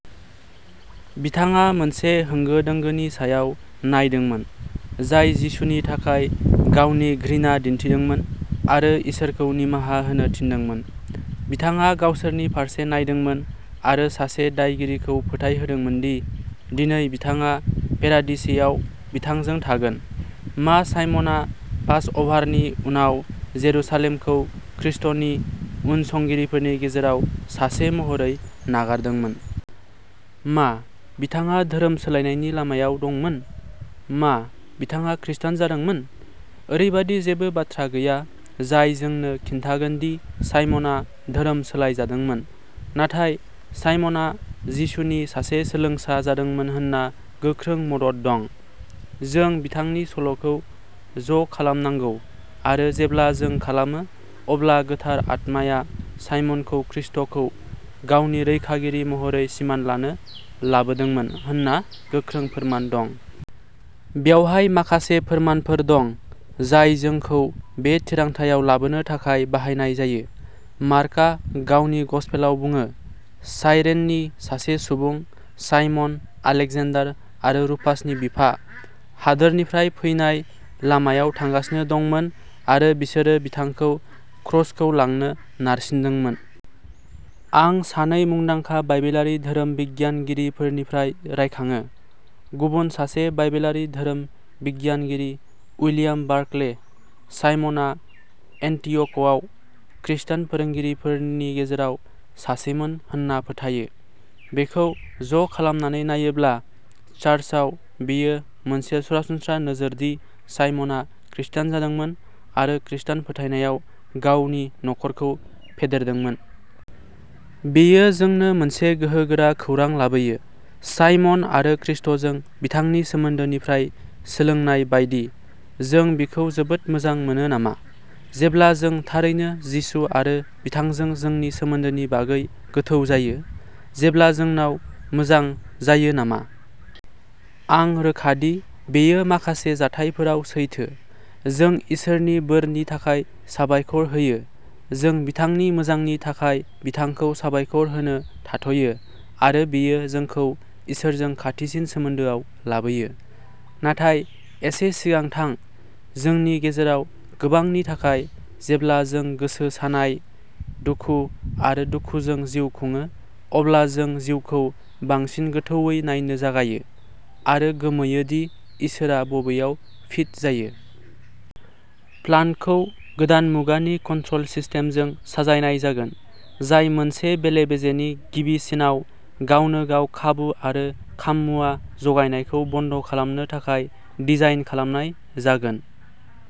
बिथाङा मोनसे होंगो दोंगोनि सायाव नायदोंमोन, जाय जिसुनि थाखाय गावनि घृणा दिन्थिदोंमोन आरो इसोरखौ निमाहा होनो थिनदोंमोन। बिथाङा गावसोरनि फारसे नायदोंमोन आरो सासे दायगिरिखौ फोथायहोदोंमोन दि दिनै बिथाङा पेरादिसेआव बिथांजों थागोन। मा साइमनआ पासअभारनि उनाव जेरुसालेमखौ खृष्टनि उनसंगिरिफोरनि गेजेराव सासे महरै नागारदोंमोन? मा बिथाङा धोरोम सोलायनायनि लामायाव दंमोन? मा बिथाङा खृष्टान जादोंमोन? ओरैबायदि जेबो बाथ्रा गैया जाय जोंनो खिन्थागोन दि साइमनआ धोरोम सोलायजादोंमोन, नाथाय साइमनआ जिसुनि सासे सोलोंसा जादोंमोन होनना गोख्रों मदद दं। जों बिथांनि सल'खौ ज'खालामनांगौ, आरो जेब्ला जों खालामो, अब्ला गोथार आत्माया साइमनखौ खृष्टखौ गावनि रैखागिरि महरै सिमान लानो लाबोदोंमोन होनना गोख्रों फोरमान दं। बेवहाय माखासे फोरमानफोर दं जाय जोंखौ बे थिरांथायाव लाबोनो थाखाय बाहायनाय जायो। मार्कआ गावनि गसपेलआव बुङो, "साइरेननि सासे सुबुं, साइमन, आलेकजेन्डार आरो रुफासनि बिफा, हादोरनिफ्राय फैनाय लामायाव थांगासिनो दंमोन, आरो बिसोरो बिथांखौ क्रसखौ लांनो नारसिनदोंमोन। " आं सानै मुंदांखा बाइबेलारि धोरोम बिगियानगिरिफोरनिफ्राय रायखाङो। गुबुन सासे बाइबेलारि धोरोम बिगियानगिरि, उइलियाम बार्कले, साइमनआ एन्टीअ'खआव खृष्टान फोरोंगिरिफोरनि गेजेराव सासेमोन होनना फोथायो। बेखौ ज'खालामनानै नायोब्ला, चार्चआव बेयो मोनसे सरासनस्रा नोजोर दि साइमनआ खृष्टान जादोंमोन आरो खृष्टान फोथायनायाव गावनि नखरखौ फेदेरदोंमोन। बेयो जोंनो मोनसे गोहोगोरा खौरां लाबोयो। साइमन आरो खृष्टजों बिथांनि सोमोन्दोनिफ्राय सोलोंनाय बायदि, जों बिखौ जोबोद मोजां मोना नामा? जेब्ला जों थारैनो जिसु आरो बिथांजों जोंनि सोमोन्दोनि बागै गोथौ जायो। जेब्ला जोंनाव मोजां जायो नामा? आं रोखा दि बेयो माखासे जाथायफोराव सैथो। जों इसोरनि बोरनि थाखाय साबायखर होयो। जों बिथांनि मोजांनि थाखाय बिथांखौ साबायखर होनो थाथ'यो, आरो बेयो जोंखौ इसोरजों खाथिसिन सोमोन्दोआव लाबोयो। नाथाय एसे सिगां थां। जोंनि गेजेराव गोबांनि थाखाय, जेब्ला जों गोसो सानाय, दुखु आरो दुखुजों जिउ खुङो अब्ला जों जिउखौ बांसिन गोथौवै नायनो जागायो आरो गोमोयो दि इसोरआ बबेयाव फिट जायो? प्लान्टखौ गोदान मुगानि कन्ट्रल सिस्टेमजों साजायनाय जागोन, जाय मोनसे बेले-बेजेनि गिबि सिनआव गावनो-गाव खाबु आरो खाममुवा जगायनायखौ बन्द खालामनो थाखाय डिजाइन खालामनाय जागोन।